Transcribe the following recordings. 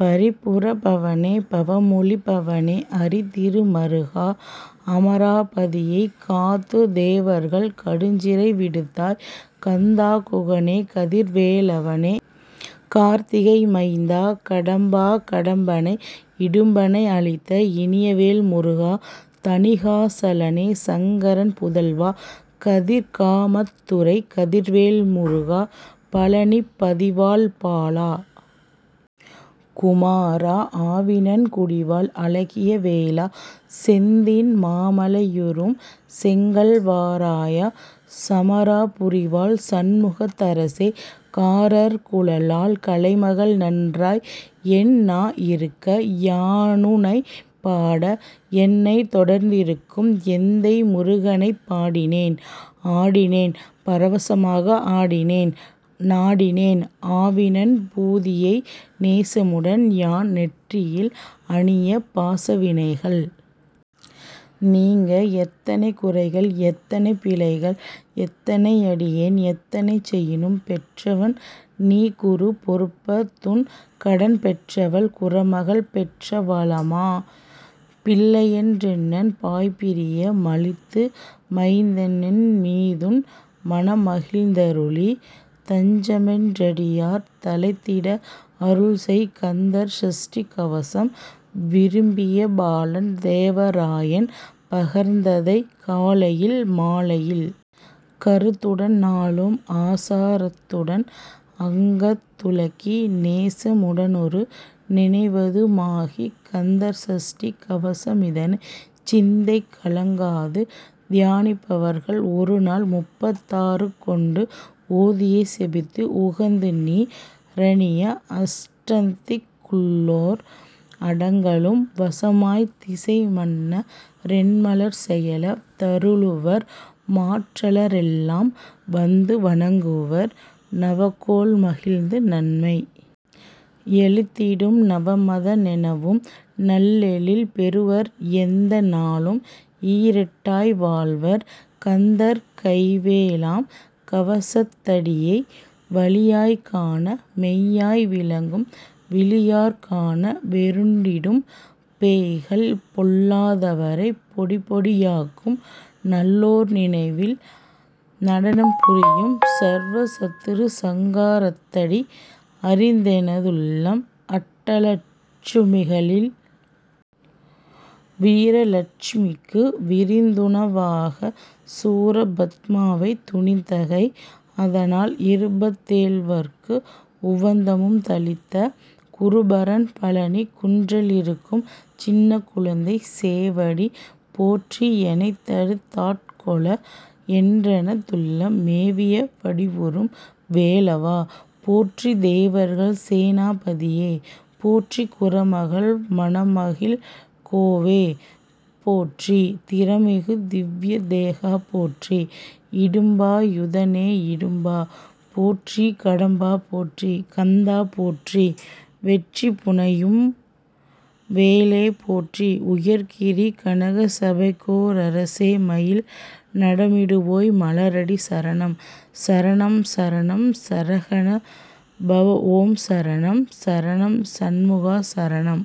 பரிபுர பவனே பவமொளி பவனே அரிதிரு மருகா அமாராபதியைக் காத்துத் தேவர்கள் கடுஞ்சிறை விடுத்தாய் கந்தா குகனே கதிர் வேலவனே கார்த்திகை மைந்தா கடம்பா கடம்பனை இடும்பனை அழித்த இனியவேல் முருகா தணிகா சலனே சங்கரன் புதல்வா கதிர்காமத்துறை கதிர்வேல் முருகா பழநிப் பதிவாழ் பால குமாரா ஆவினன்குடிவாழ் அழகிய வேலா செந்தின் மாமலையுறும் செங்கல்வராயா சமராபுரிவாழ் சண்முகத் தரசே காரார் குழலாள் கலைமகள் நன்றாய் என் நாஇருக்க யானுனைப் பாட எனைத்தொடர்ந்திருக்கும் எந்தை முருகனைப் பாடினேன் ஆடினேன் பரவசமாக ஆடினேன் நாடினேன் ஆவினன் பூதியை நேசமுடன் யான் நெற்றியில் அணியப் பாசவினைகள் நீங்க எத்தனைகுறைகள் எத்தனை பிழைகள் எத்தனை யடியேன் எத்தனை செயினும் பெற்றவன் நீகுரு பொறுப்ப துன்கடன் பெற்றவள் குறமகள் பெற்றவ ளாமே பிள்ளையென்றன்பாய்ப் பிரிய மளித்து மைந்தனென்மீதுன் மனமகிழ்ந் தருளி தஞ்சமென்றடியார் தழைத்திட அருள்செய் கந்தர் சஷ்டிகவசம் விரும்பிய பாலன் தேவராயன் பகர்ந்ததை காலையில் மாலையில் கருத்துடன் நாளும் ஆசா ரத்துடன் அங்கந் துலக்கி நேசமுடனொரு நினைவதுமாகிக் கந்தர் சஷ்டிக்கவசமிதனைச் சிந்தை கலங்காது தியானிப்பவர்கள் ஒருநாள் முப்பத்தாறுருக்கொண்டு ஓதியே செபித்து உகந்துநீ றணிய அஷ்டதிக் குள்ளோர் அடங்கலும் வசமாய்த் திசைமன்ன ரெண்மர் செயல தருளுவர் மாற்றலரெல்லாம் வந்து வணங்குவர் நவகோள் மகிழ்ந்து நன்மை யளித்திடும் நவமத னெனவும் நல்லெழில் பெறுவர் எந்த நாளும் ஈரெட்டாய் வாழ்வர் கந்தர் கைவேலாம் கவசத் தடியை வழியாய்க்காண மெய்யாய் விளங்கும் விழியாற்காண வெருண்டிடும் பேய்கள் பொல்லா தவரைப் பொடிபொடியாக்கும் நல்லோர் நினைவில் நடனம் புரியும் சர்வ சத்துரு சங்கா ரத்தடி அறிந்தெனதுள்ளம் அட்டலட்சு மிகளில் வீரலட்சுமிக்கு விருந்துணவாகச் சூரபத்மாவைத் துணித்தகை அதனால் இருபத் தேழ்வர்க்கு உவந்தமு தளித்த குருபரன் பழநிக் குன்றிலி ருக்கும் சின்னக் குழந்தை சேவடி போற்றி எனைத்தடுத் தாட்கொள என்றன துள்ளம் மேவிய வடிவுறும் வேலவா போற்றி தேவர்கள் சேனா பதியே போற்றி குறமகள் மனமகிழ்கோவே போற்றி திறமிகு திவ்விய தேகா போற்றி இடும்பா யுதனே இடும்பா போற்றி கடம்பா போற்றி கந்தா போற்றி வெட்சி புனையும் வேளே போற்றி உயர்கிரி கனகசபைக்கோ ரரசே மயில் நடமிடுவோய் மலரடி சரணம் சரணம் சரணம் சரஹண பவஓம் சரணம் சரணம் சண்முகா சரணம்!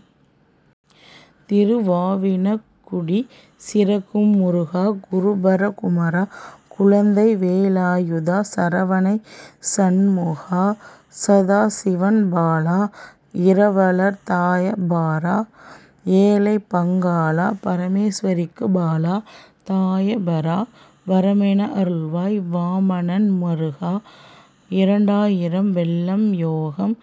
திருவாவினன்குடி சிறக்கும் முருகா குருபரா குமரா குழந்தைவே லாயுதா சரவணை சண்முகா சதாசிவன் பாலா இரவலர் தயாபரா ஏழைபங் காளா பரமேஸ் வரிக்குப் பாலா தயாபரா வரமெனக் அருள்வாய் வாமனன் மருகா இரண்டா யிரம் வெள்ளம் யோகம்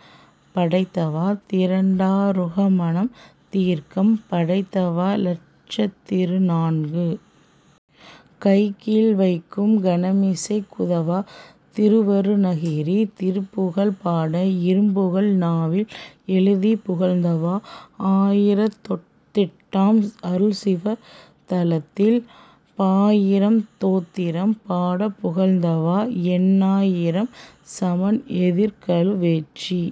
படைத்தவா திரண்டா ருகமனம் தீர்க்கம் படைத்தவா இலட்சத்திருநான்கு கைக்கீழ் வைக்கும் கனமிசைக் குதவா திருவருணகிரி திருப்புகழ் பாட இரும்புகழ் நாவில் எழுதிப் புகழ்ந்தவா ஆயிரத்தெட்டாம் அருள்சிவ தலத்தில் பாயிரம் தோத்திரம் பாடப் புகழ்ந்தவா எண்ணா யிரம் சமண் எதிர்கழு வேற்றி